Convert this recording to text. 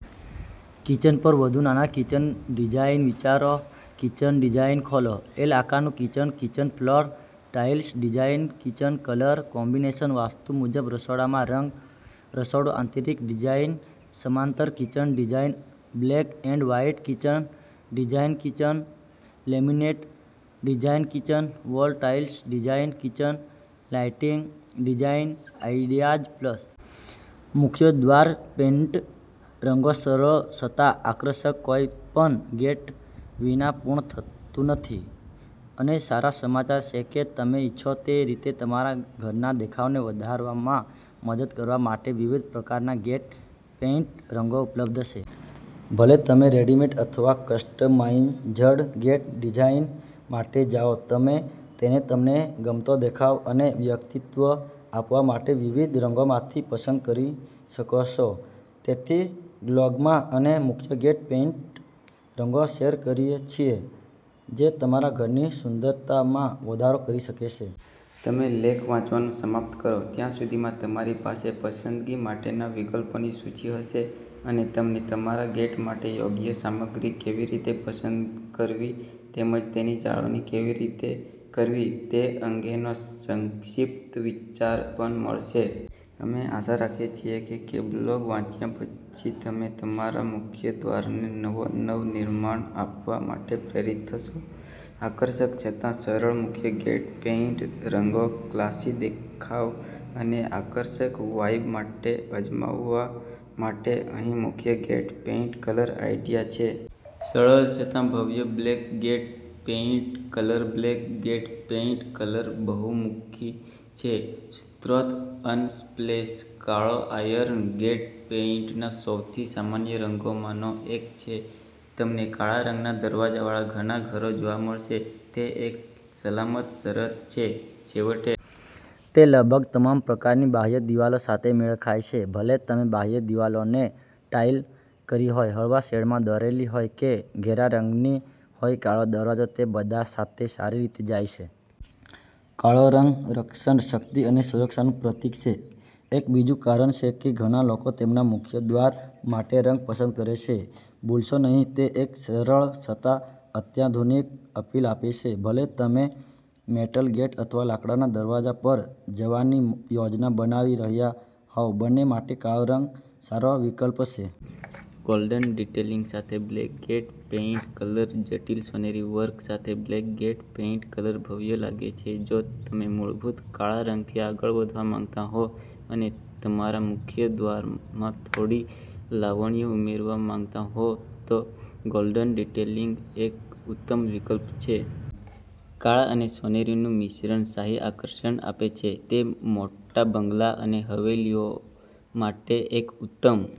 Kitchen પર વધુ નાના કિચન ડિઝાઇન વિચારો કિચન ડિઝાઇન ખોલો એલ આકારનું kitchen kitchen floor tiles design kitchen colour combination vastu મુજબ રસોડામાં રંગ રસોડું આંતરિક ડિઝાઇન સમાંતર kitchen design black and white kitchen design kitchen laminate design kitchen wall tiles design kitchen lighting design ideas મુખ્ય દ્વાર પેઇન્ટ રંગોસરળ છતાં આકર્ષક કોઈ પણ ઘર ગેટ વિના પૂર્ણ થતું નથી, અને સારા સમાચારછે કે તમે ઇચ્છો તે રીતે તમારા ઘરના દેખાવને વધારવામાં મદદ કરવા માટે વિવિધ પ્રકારના ગેટ પેઇન્ટ રંગો ઉપલબ્ધ છે. ભલે તમે રેડીમેડ અથવા કસ્ટમાઇઝ્ડ ગેટ ડિઝાઇન માટે જાઓ, તમે તેને તમને ગમતો દેખાવ અને વ્યક્તિત્વ આપવા માટે વિવિધ રંગોમાંથી પસંદ કરી શકો છો. તેથી, બ્લોગમાં, અમે મુખ્ય ગેટ પેઇન્ટ રંગો શેર કરીએ છીએ જે તમારા ઘરની સુંદરતામાં વધારો કરી શકે છે. તમેલેખ વાંચવાનું સમાપ્ત કરો ત્યાં સુધીમાં, તમારી પાસે પસંદગી માટેના વિકલ્પોની સૂચિ હશે, અને તમને તમારા ગેટ માટે યોગ્ય સામગ્રી કેવી રીતે પસંદ કરવી તેમજ તેની જાળવણી કેવી રીતે કરવી તે અંગેનો સંક્ષિપ્ત વિચાર પણ મળશે. અમે આશા રાખીએ છીએ કેબ્લોગ વાંચ્યા પછી તમે તમારા મુખ્ય દ્વારને નવો નવનિર્માણ આપવા માટે પ્રેરિત થશો! આકર્ષક છતાં સરળ મુખ્ય ગેટ પેઇન્ટ રંગો ક્લાસી દેખાવ અને આકર્ષક વાઇબ માટે અજમાવવા માટે અહીં મુખ્ય ગેટ પેઇન્ટ કલર આઇડિયા છે. સરળ છતાં ભવ્ય black gate paint colour black gate paint colour બહુમુખી છે સ્રોતઅનસ્પ્લેશકાળોઆયર્ન ગેટ પેઇન્ટના સૌથી સામાન્ય રંગોમાંનો એક છે. તમને કાળા રંગના દરવાજાવાળા ઘણા ઘરો જોવા મળશે. તે એક સલામત શરત છે, છેવટે. તે લગભગ તમામ પ્રકારની બાહ્ય દિવાલો સાથે મેળ ખાય છે. ભલે તમે બાહ્ય દિવાલોને ટાઇલ કરી હોય, હળવા શેડમાં દોરેલી હોય કે ઘેરા રંગની હોયકાળો દરવાજો તે બધા સાથે સારી રીતે જાય છે. કાળો રંગ રક્ષણ, શક્તિ અને સુરક્ષાનું પ્રતીક છે. એક બીજું કારણ છે કે ઘણા લોકો તેમના મુખ્ય દ્વાર માટેરંગ પસંદ કરે છે. ભૂલશો નહીં, તે એક સરળ છતાં અત્યાધુનિક અપીલ આપે છે. ભલે તમે મેટલ ગેટ અથવા લાકડાના દરવાજા પર જવાની યોજના બનાવી રહ્યા હોવબંને માટે કાળો રંગ સારો વિકલ્પ છે. ગોલ્ડન ડિટેલિંગ સાથે બ્લેક ગેટ પેઇન્ટ કલર જટિલ સોનેરી વર્ક સાથે બ્લેક ગેટ પેઇન્ટ કલર ભવ્ય લાગે છે જો તમે મૂળભૂત કાળા રંગથી આગળ વધવા માંગતા હો અને તમારા મુખ્ય દ્વારમાં થોડી લાવણ્ય ઉમેરવા માંગતા હો, તો ગોલ્ડન ડિટેલિંગ એક ઉત્તમ વિકલ્પ છે. કાળા અને સોનેરીનું મિશ્રણ શાહી આકર્ષણ આપે છે. તે મોટા બંગલા અને હવેલીઓ માટે એક ઉત્તમ